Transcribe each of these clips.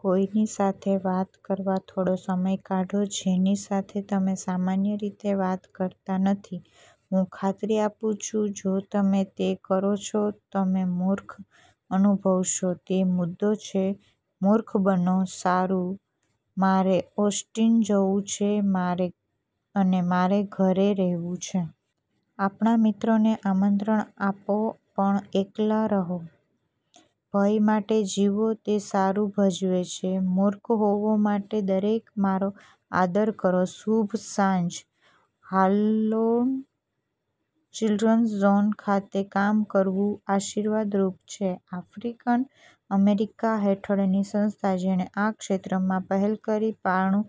કોઈની સાથે વાત કરવા થોડો સમય કાઢો જેની સાથે તમે સામાન્ય રીતે વાત કરતા નથી. હું ખાતરી આપું છું, જો તમે તે કરો છો, તમે મૂર્ખ અનુભવશો. તે મુદ્દો છે. મૂર્ખ બનો. સારું, મારે ઓસ્ટિન જવું છે, અને મારે ઘરે રહેવું છે. આપણા મિત્રોને આમંત્રણ આપો પણ એકલા રહો. ભય માટે જીવો. તે સારું ભજવે છે. મૂર્ખ હોવા માટે દરેક મારો આદર કરો. શુભ સાંજ. હાર્લેમ ચિલ્ડ્રન્સ ઝોન ખાતે કામ કરવું આશીર્વાદ રૂપ છે, આફ્રિકન-અમેરિકા હેઠળની સંસ્થા, જેણે આ ક્ષેત્રમાં પહેલ કરી પારણું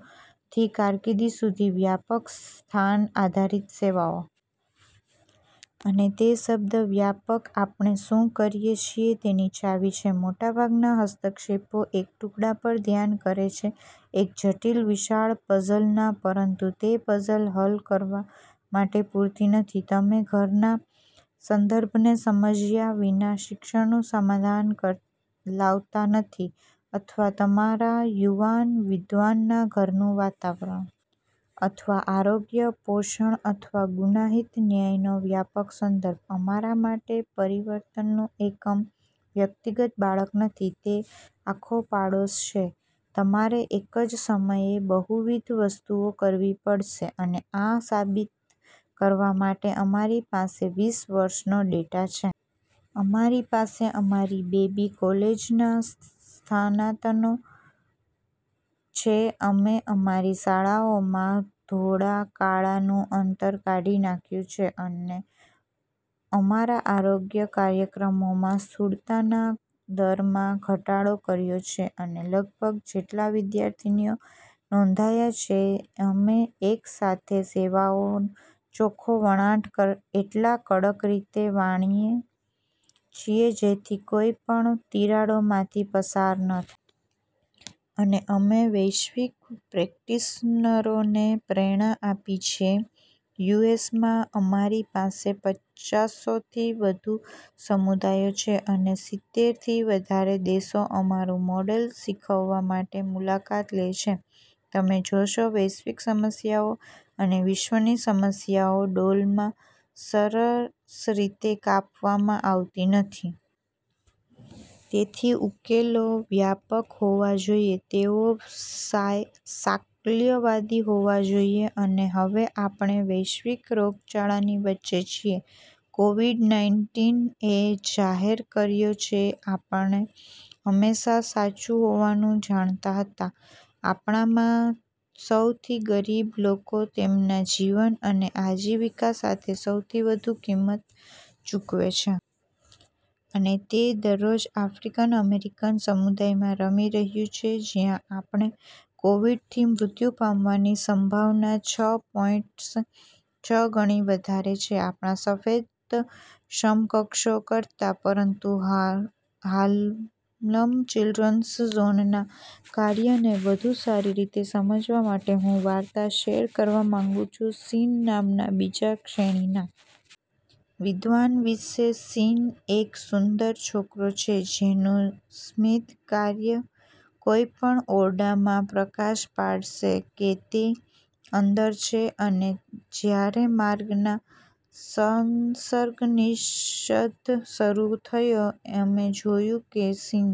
થી કારકિર્દી સુધી, વ્યાપક સ્થાન-આધારિત સેવાઓ. અને તે શબ્દ, "વ્યાપક", આપણે શું કરીએ છીએ તેની ચાવી છે. મોટાભાગના હસ્તક્ષેપો એક ટુકડા પર ધ્યાન કરે છે એક જટિલ, વિશાળ પઝલના. પરંતુ તે પઝલ હલ કરવા માટે પૂરતું નથી. તમે ઘરના સંદર્ભને સમજ્યા વિના શિક્ષણનું સમાધાન લાવતા નથી અથવા અમારા યુવાન વિદ્વાનના ઘરનું વાતાવરણ. અથવા આરોગ્ય, પોષણ અથવા ગુનાહિત ન્યાયનો વ્યાપક સંદર્ભ. અમારા માટે પરિવર્તનનું એકમ વ્યક્તિગત બાળક નથી, તે આખો પડોશ છે. તમારે એક જ સમયે બહુવિધ વસ્તુઓ કરવી પડશે. અને આ સાબિત કરવા માટે અમારી પાસે વીસ વર્ષનો ડેટા છે. અમારી પાસે અમારી બેબી કોલેજના સ્નાતકો છે, અમે અમારી શાળાઓમાં ધોળા-કાળા નું અંતર કાઢી નાખ્યું છે. અમે અમારા આરોગ્ય કાર્યક્રમોમાં સ્થૂળતાના દરમાં ઘટાડો કર્યો છે અને લગભગ જેટલા વિદ્યાર્થીઓ નોંધાયા છે. અમે એક સાથે સેવાઓનો ચોખ્ખો વણાટ એટલા કડક રીતે વણાવીએ છીએ, જેથી કોઈ પણ તિરાડોમાંથી પસાર ન થાય. અને અમે વૈશ્વિક પ્રેક્ટિશનરોને પ્રેરણા આપી છે. યુ. એસ. માં આપણી પાસે પાંચસો થી વધુ સમુદાયો છે અને સિત્તેર થી વધારે દેશો અમારું મોડેલ શીખવા માટે મુલાકાત લે છે. તમે જોશો, વૈશ્વિક સમસ્યાઓ, અને વિશ્વની સમસ્યાઓ, ડોલમાં સરસ રીતે કાપવામાં આવતી નથી. તેથી ઉકેલો વ્યાપક હોવા જોઈએ, તેઓ સાકલ્યવાદી હોવા જોઈએ. અને હવે આપણે વૈશ્વિક રોગચાળાની વચ્ચે છીએ. કોવિડ -નાઈનટીન એ જાહેર કર્યું છે કે આપણે હંમેશાં સાચું હોવાનું જાણતા હતા. આપણામાં સૌથી ગરીબ લોકો તેમના જીવન અને આજીવિકા સાથે સૌથી વધુ કિંમત ચૂકવે છે. અને તે દરરોજ આફ્રિકન અમેરિકન સમુદાયમાં રમી રહ્યું છે, જ્યાં આપણે કોવિડથી મૃત્યુ પામવાની સંભાવના છ પોઇન્ટ છ ગણી વધારે છે અમારા સફેદ સમકક્ષો કરતા. પરંતુ હાર્લેમ ચિલ્ડ્રન્સ ઝોનના કાર્યને વધુ સારી રીતે સમજવા માટે, હું વાર્તા શેર કરવા માંગુ છું, સીન નામના બીજા-શ્રેણીના। વિદ્વાન વિશે. સીન એક સુંદર છોકરો છે જેનું સ્મિત કોઈપણ ઓરડામાં પ્રકાશ પાડશે કે તે અંદર છે. અને જ્યારે માર્ચમાં સંસર્ગનિષેધ શરૂ થયો, અમે જોયું કે સીન